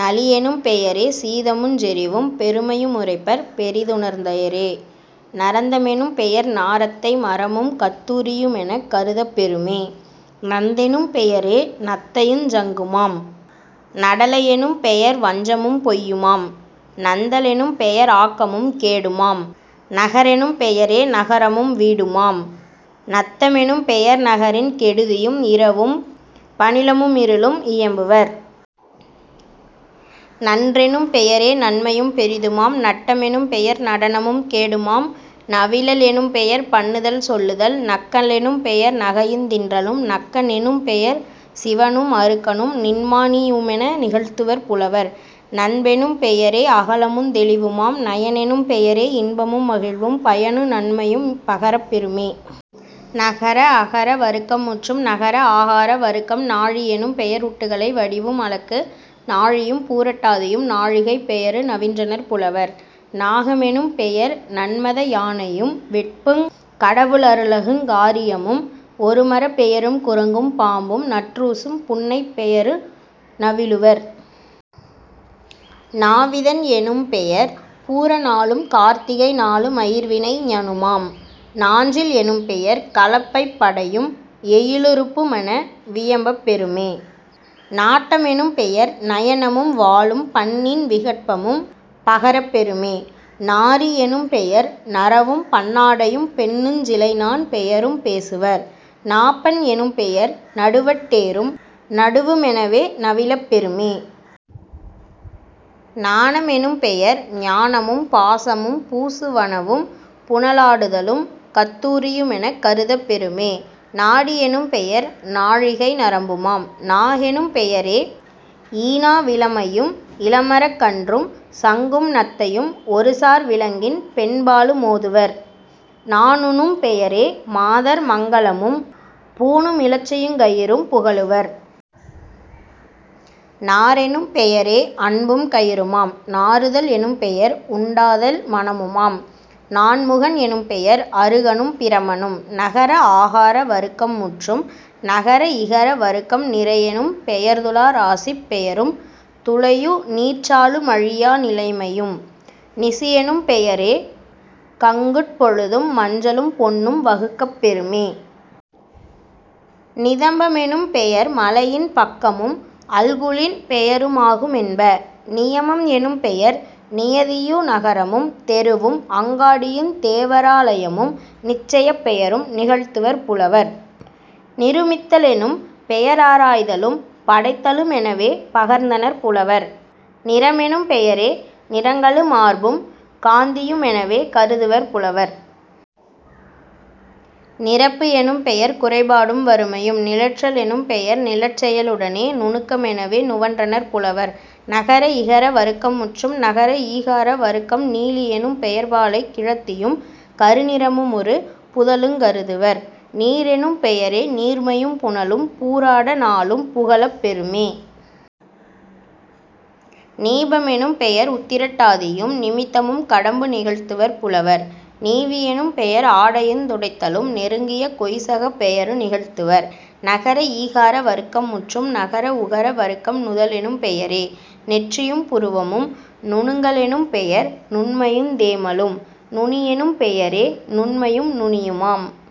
நளியெனும் பெயரே சீதமுஞ் செறிவும் பெருமையு முரைப்பர் பெரிது ணர்ந்தேரே..... நரந்த மெனும்பெயர் நாரத்தை மரமும் கத்தூ ரியுமெனக் கருதப் பெறுமே..... நந்தெனும் பெயரே நத்தையுஞ் சங்குமாம்..... நடலை யெனும்பெயர் வஞ்சமும் பொய்யுமாம்..... நந்த லெனும்பெயர் ஆக்கமும் கேடுமாம்..... நகரெனும் பெயரே நகரமும் வீடுமாம்..... நத்த மெனும்பெயர் நகரின் கெடுதியும் இரவும் பணிலமு மிருளும் இயம்புவர்..... நன்றெனும் பெயரே நன்மையும் பெரிதுமாம்..... நட்ட மெனும்பெயர் நடனமும் கேடுமாம்..... நவிலல் எனும்பெயர் பண்ணுதல் சொல்லுதல்..... நக்க லெனும்பெயர் நகையுந் தின்றலும்..... நக்க னெனும்பெயர் சிவனும் அருக்கனும் நின்மா ணியுமென நிகழ்த்துவர் புலவர்..... நன்பெனும் பெயரே அகலமுந் தெளிவுமாம்..... நயனெனும் பெயரே இன்பமும் மகிழ்வும் பயனு நன்மையும் பகரப் பெறுமே..... நகர அகர வருக்கம் முற்றும். நகர ஆகார வருக்கம் நாழி யெனும்பெயர் உட்டுளை வடிவும் அளக்கு நாழியும் பூரட் டாதியும் நாழிகைப் பெயரு நவின்றனர் புலவர்..... நாக மெனும்பெயர் நன்மத யானையும் வெற்புங் கடவுள ருலகுங் காரியமும் ஒருமரப் பெயரும் குரங்கும் பாம்பும் நற்றூசும் புன்னைப் பெயரு நவிலுவர்..... நாவிதன் எனும்பெயர் பூர நாளும் கார்த்திகை நாளு மயிர்வினை ஞனுமாம்..... நாஞ்சில் எனும்பெயர் கலப்பைப் படையும் எயிலு றுப்புமென வியம்பப் பெறுமே..... நாட்ட மெனும்பெயர் நயனமும் வாளும் பண்ணின் விகற்பமும் பகரப் பெறுமே..... நாரி யெனும்பெயர் நறவும் பன்னாடையும் பெண்ணுஞ் சிலைநாண் பெயரும் பேசுவர்..... நாப்பண் எனும்பெயர் நடுவட் டேரும் நடுவு மெனவே நவிலப் பெறுமே..... நான மெனும்பெயர் ஞானமும் பாசமும் பூசு வனவும் புனலா டுதலும் கத்தூ ரியுமெனக் கருதப் பெறுமே..... நாடி யெனும்பெயர் நாழிகை நரம்புமாம்..... நாகெனும் பெயரே யீனா விளமையும் இளமரக் கன்றும் சங்கும் நத்தையும் ஒருசார் விலங்கின் பெண்பாலு மோதுவர்..... நாணுனும் பெயரே மாதர் மங்கலமும் பூணு மிலச்சையுங் கயிறும் புகலுவர்..... நாரெனும் பெயரே அன்பும் கயிறுமாம்..... நாறுதல் எனும்பெயர் உண்டாதல் மணமுமாம்..... நான்முகன் எனும்பெயர் அருகனும் பிரமனும்..... நகர ஆகார வருக்கம் முற்றும். நகர இகர வருக்கம் நிறையெனும் பெயர்துலா ராசிப் பெயரும் துலையு நீர்ச்சாலு மழியா நிலைமையும்..... நிசியெனும் பெயரே கங்குற் பொழுதும் மஞ்சளும் பொன்னும் வகுக்கப் பெறுமே..... நிதம்ப மெனும்பெயர் மலையின் பக்கமும் அல்குலின் பெயரு மாகு மென்ப..... நியமம் எனும்பெயர் நியதியு நகரமும் தெருவும் அங்காடியுந் தேவரா லையமும் நிச்சயப் பெயரும் நிகழ்த்துவர் புலவர்.....। நிருமித்த லென்னும் பெயரா ராய்தலும் படைத்தலு மெனவே பகர்ந்தனர் புலவர்..... நிறமெனும் பெயரே நிறங்களு மார்பும் காந்தியு மெனவே கருதுவர் புலவர்..... நிரப்பு எனும்பெயர் குறைபாடும் வறுமையும்..... நிழற்ற லெனும்பெயர் நிழற்செய லுடனே நுணுக்க மெனவே நுவன்றனர் புலவர்..... நகர இகர வருக்கம் முற்றும். நகர ஈகார வருக்கம் நீலி யெனும்பெயர் பாலைக் கிழத்தியும் கருநிற முமொரு புதலுங் கருதுவர்..... நீரெனும் பெயரே நீர்மையும் புனலும் பூராட நாளும் புகலப் பெறுமே..... நீப மெனும்பெயர் உத்திரட் டாதியும் நிமித்தமும் கடம்பு நிகழ்த்துவர் புலவர்..... நீவி யெனும்பெயர் ஆடையுந் துடைத்தலும் நெருங்கிய கொய்சகப் பெயரு நிகழ்த்துவர்..... நகர ஈகார வருக்கம் முற்றும். நகர உகர வருக்கம் நுதலெனும் பெயரே நெற்றியும் புருவமும்..... நுணங்க லெனும்பெயர் நுண்மையுந் தேமலும்..... நுனியெனும் பெயரே நுண்மையும் நுனியுமாம்.